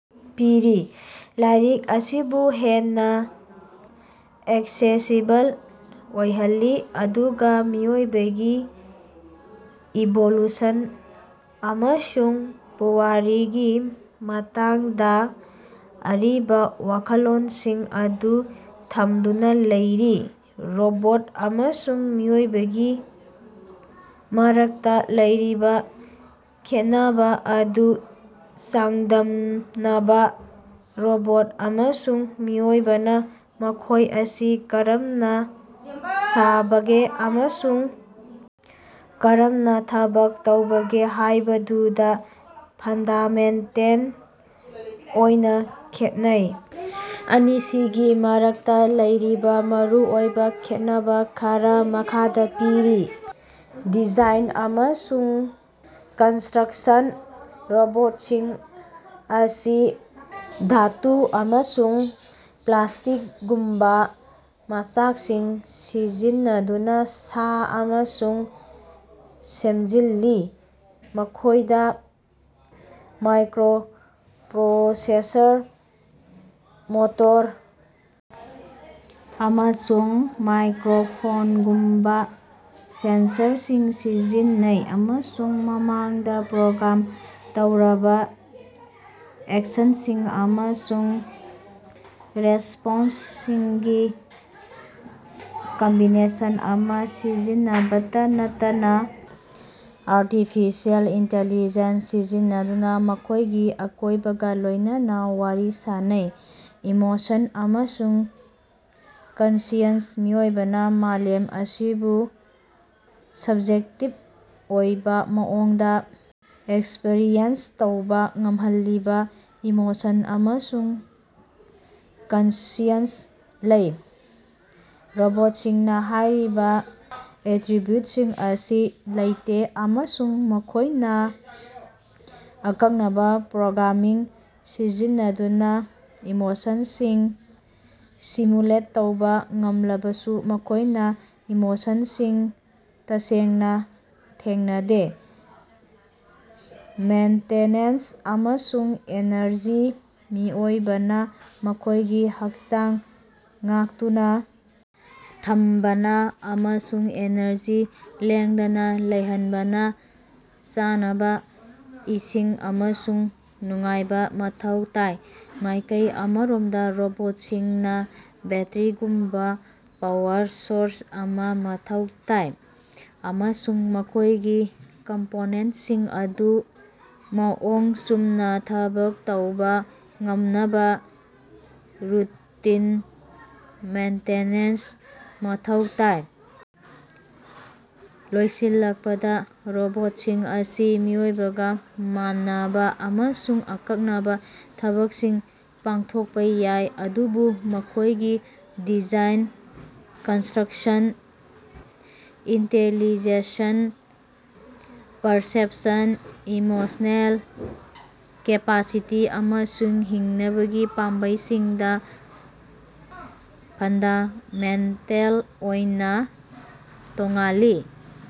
ꯄꯤꯔꯤ, ꯂꯥꯏꯔꯤꯛ ꯑꯁꯤꯕꯨ ꯍꯦꯟꯅ ꯑꯦꯛꯁꯦꯁꯤꯕꯜ ꯑꯣꯏꯍꯜꯂꯤ, ꯑꯗꯨꯒ ꯃꯤꯑꯣꯏꯕꯒꯤ ꯏꯚꯣꯂꯨꯁꯟ ꯑꯃꯁꯨꯡ ꯄꯨꯋꯥꯔꯤꯒꯤ ꯃꯇꯥꯡꯗ ꯑꯔꯤꯕ ꯋꯥꯈꯜꯂꯣꯟꯁꯤꯡ ꯑꯗꯨ ꯊꯝꯗꯨꯅ ꯂꯩꯔꯤ꯫ ꯔꯣꯕꯣꯠ ꯑꯃꯁꯨꯡ ꯃꯤꯑꯣꯏꯕꯒꯤ ꯃꯔꯛꯇ ꯂꯩꯔꯤꯕ ꯈꯦꯠꯅꯕ ꯑꯗꯨ ꯆꯥꯡꯗꯝꯅꯕ꯫ ꯔꯣꯕꯣꯠ ꯑꯃꯁꯨꯡ ꯃꯤꯑꯣꯏꯕꯅꯥ ꯃꯈꯣꯏ ꯑꯁꯤ ꯀꯔꯝꯅ ꯁꯥꯕꯒꯦ ꯑꯃꯁꯨꯡ ꯀꯔꯝꯅ ꯊꯕꯛ ꯇꯧꯕꯒꯦ ꯍꯥꯏꯕꯗꯨꯗ ꯐꯟꯗꯥꯃꯦꯟꯇꯦꯜ ꯑꯣꯏꯅ ꯈꯦꯠꯅꯩ꯫ ꯑꯅꯤꯁꯤꯒꯤ ꯃꯔꯛꯇ ꯂꯩꯔꯤꯕ ꯃꯔꯨꯑꯣꯏꯕ ꯈꯦꯠꯅꯕꯥ ꯈꯔꯥ ꯃꯈꯥꯗ ꯄꯤꯔꯤ - ꯗꯤꯖꯥꯏꯟ ꯑꯃꯁꯨꯡ ꯀꯟꯁꯇ꯭ꯔꯛꯁꯟ - ꯔꯣꯕꯣꯠꯁꯤꯡ ꯑꯁꯤ ꯙꯥꯇꯨ ꯑꯃꯁꯨꯡ ꯄ꯭ꯂꯥꯁꯇꯤꯛꯒꯨꯝꯕ ꯃꯆꯥꯛꯁꯤꯡ ꯁꯤꯖꯤꯟꯅꯗꯨꯅꯥ ꯁꯥ ꯑꯃꯁꯨꯡ ꯁꯦꯝꯖꯤꯜꯂꯤ꯫ ꯃꯈꯣꯏꯗ ꯃꯥꯏꯀ꯭ꯔꯣꯄ꯭ꯔꯣꯁꯦꯁꯔ, ꯃꯣꯇꯣꯔ, ꯑꯃꯁꯨꯡ ꯃꯥꯏꯀ꯭ꯔꯣꯐꯣꯟꯒꯨꯝꯕ ꯁꯦꯟꯁꯔꯁꯤꯡ ꯁꯤꯖꯤꯟꯅꯩ ꯑꯃꯁꯨꯡ ꯃꯃꯥꯡꯗ ꯄ꯭ꯔꯣꯒ꯭ꯔꯥꯝ ꯇꯧꯔꯕꯥ ꯑꯦꯛꯁꯟꯁꯤꯡ ꯑꯃꯁꯨꯡ ꯔꯦꯁꯄꯣꯟꯁꯁꯤꯡꯒꯤ ꯀꯝꯕꯤꯅꯦꯁꯟ ꯑꯃ ꯁꯤꯖꯤꯟꯅꯕꯇꯥ ꯅꯠꯇꯅꯥ ꯑꯥꯔꯇꯤꯐꯤꯁꯤꯑꯦꯜ ꯏꯟꯇꯤꯂꯤꯖꯦꯟꯁ ꯁꯤꯖꯤꯟꯅꯗꯨꯅ ꯃꯈꯣꯏꯒꯤ ꯑꯀꯣꯏꯕꯒ ꯂꯣꯏꯅꯅꯥ ꯋꯥꯔꯤ ꯁꯥꯅꯩ꯫ ꯏꯃꯣꯁꯟ ꯑꯃꯁꯨꯡ ꯀꯟꯁꯤꯌꯟꯁ - ꯃꯤꯑꯣꯏꯕꯅ ꯃꯥꯂꯦꯝ ꯑꯁꯤꯕꯨ ꯁꯕꯖꯦꯛꯇꯤꯕ ꯑꯣꯏꯕ ꯃꯑꯣꯡꯗ ꯑꯦꯛꯁꯄꯔꯤꯑꯦꯟꯁ ꯇꯧꯕ ꯉꯝꯍꯜꯂꯤꯕ ꯏꯃꯣꯁꯟ ꯑꯃꯁꯨꯡ ꯀꯟꯁꯤꯌꯟꯁ ꯂꯩ꯫ ꯔꯣꯕꯣꯠꯁꯤꯡꯅ ꯍꯥꯏꯔꯤꯕ ꯑꯦꯇꯔꯤꯕ꯭ꯌꯨꯠꯁꯤꯡ ꯑꯁꯤ ꯂꯩꯇꯦ, ꯑꯃꯁꯨꯡ ꯃꯈꯣꯏꯅ ꯑꯀꯛꯅꯕꯥ ꯄ꯭ꯔꯣꯒ꯭ꯔꯥꯃꯤꯡ ꯁꯤꯖꯤꯟꯅꯗꯨꯅ ꯏꯃꯣꯁꯟꯁꯤꯡ ꯁꯤꯃꯨꯂꯦꯠ ꯇꯧꯕ ꯉꯝꯂꯕꯁꯨ, ꯃꯈꯣꯏꯅ ꯏꯃꯣꯁꯟꯁꯤꯡ ꯇꯁꯦꯡꯅ ꯊꯦꯡꯅꯗꯦ꯫ ꯃꯦꯟꯇꯦꯅꯦꯟꯁ ꯑꯃꯁꯨꯡ ꯏꯅꯔꯖꯤ - ꯃꯤꯑꯣꯏꯕꯅ ꯃꯈꯣꯏꯒꯤ ꯍꯛꯆꯥꯡ ꯉꯥꯛꯇꯨꯅ ꯊꯝꯅꯕ ꯑꯃꯁꯨꯡ ꯏꯅꯔꯖꯤ ꯂꯦꯡꯗꯅ ꯂꯩꯍꯟꯅꯕꯥ ꯆꯥꯅꯕ, ꯏꯁꯤꯡ ꯑꯃꯁꯨꯡ ꯅꯨꯡꯉꯥꯏꯕ ꯃꯊꯧ ꯇꯥꯏ꯫ ꯃꯥꯏꯀꯩ ꯑꯃꯔꯣꯝꯗ ꯔꯣꯕꯣꯠꯁꯤꯡꯅ ꯕꯦꯠꯇ꯭ꯔꯤꯒꯨꯝꯕ ꯄꯥꯋꯔ ꯁꯣꯔꯁ ꯑꯃ ꯃꯊꯧ ꯇꯥꯏ, ꯑꯃꯁꯨꯡ ꯃꯈꯣꯏꯒꯤ ꯀꯝꯄꯣꯅꯦꯟꯇꯁꯤꯡ ꯑꯗꯨ ꯃꯑꯣꯡ ꯆꯨꯝꯅ ꯊꯕꯛ ꯇꯧꯕ ꯉꯝꯅꯕ ꯔꯨꯇꯤꯟ ꯃꯦꯟꯇꯦꯅꯦꯟꯁ ꯃꯊꯧ ꯇꯥꯏ꯫ ꯂꯣꯏꯁꯤꯜꯂꯛꯄꯗ, ꯔꯣꯕꯣꯠꯁꯤꯡ ꯑꯁꯤ ꯃꯤꯑꯣꯏꯕꯒ ꯃꯥꯟꯅꯕꯥ ꯑꯃꯁꯨꯡ ꯑꯀꯛꯅꯕꯥ ꯊꯕꯛꯁꯤꯡ ꯄꯥꯡꯊꯣꯛꯄ ꯌꯥꯏ, ꯑꯗꯨꯕꯨ ꯃꯈꯣꯏꯒꯤ design, construction, intelligence, perception, emotional capacity ꯑꯃꯁꯨꯡ ꯍꯤꯡꯅꯕꯒꯤ ꯄꯥꯝꯕꯩꯁꯤꯡꯗ ꯐꯟꯗꯥꯃꯦꯟꯇꯦꯜ ꯑꯣꯏꯅ ꯇꯣꯉꯥꯜꯂꯤ꯫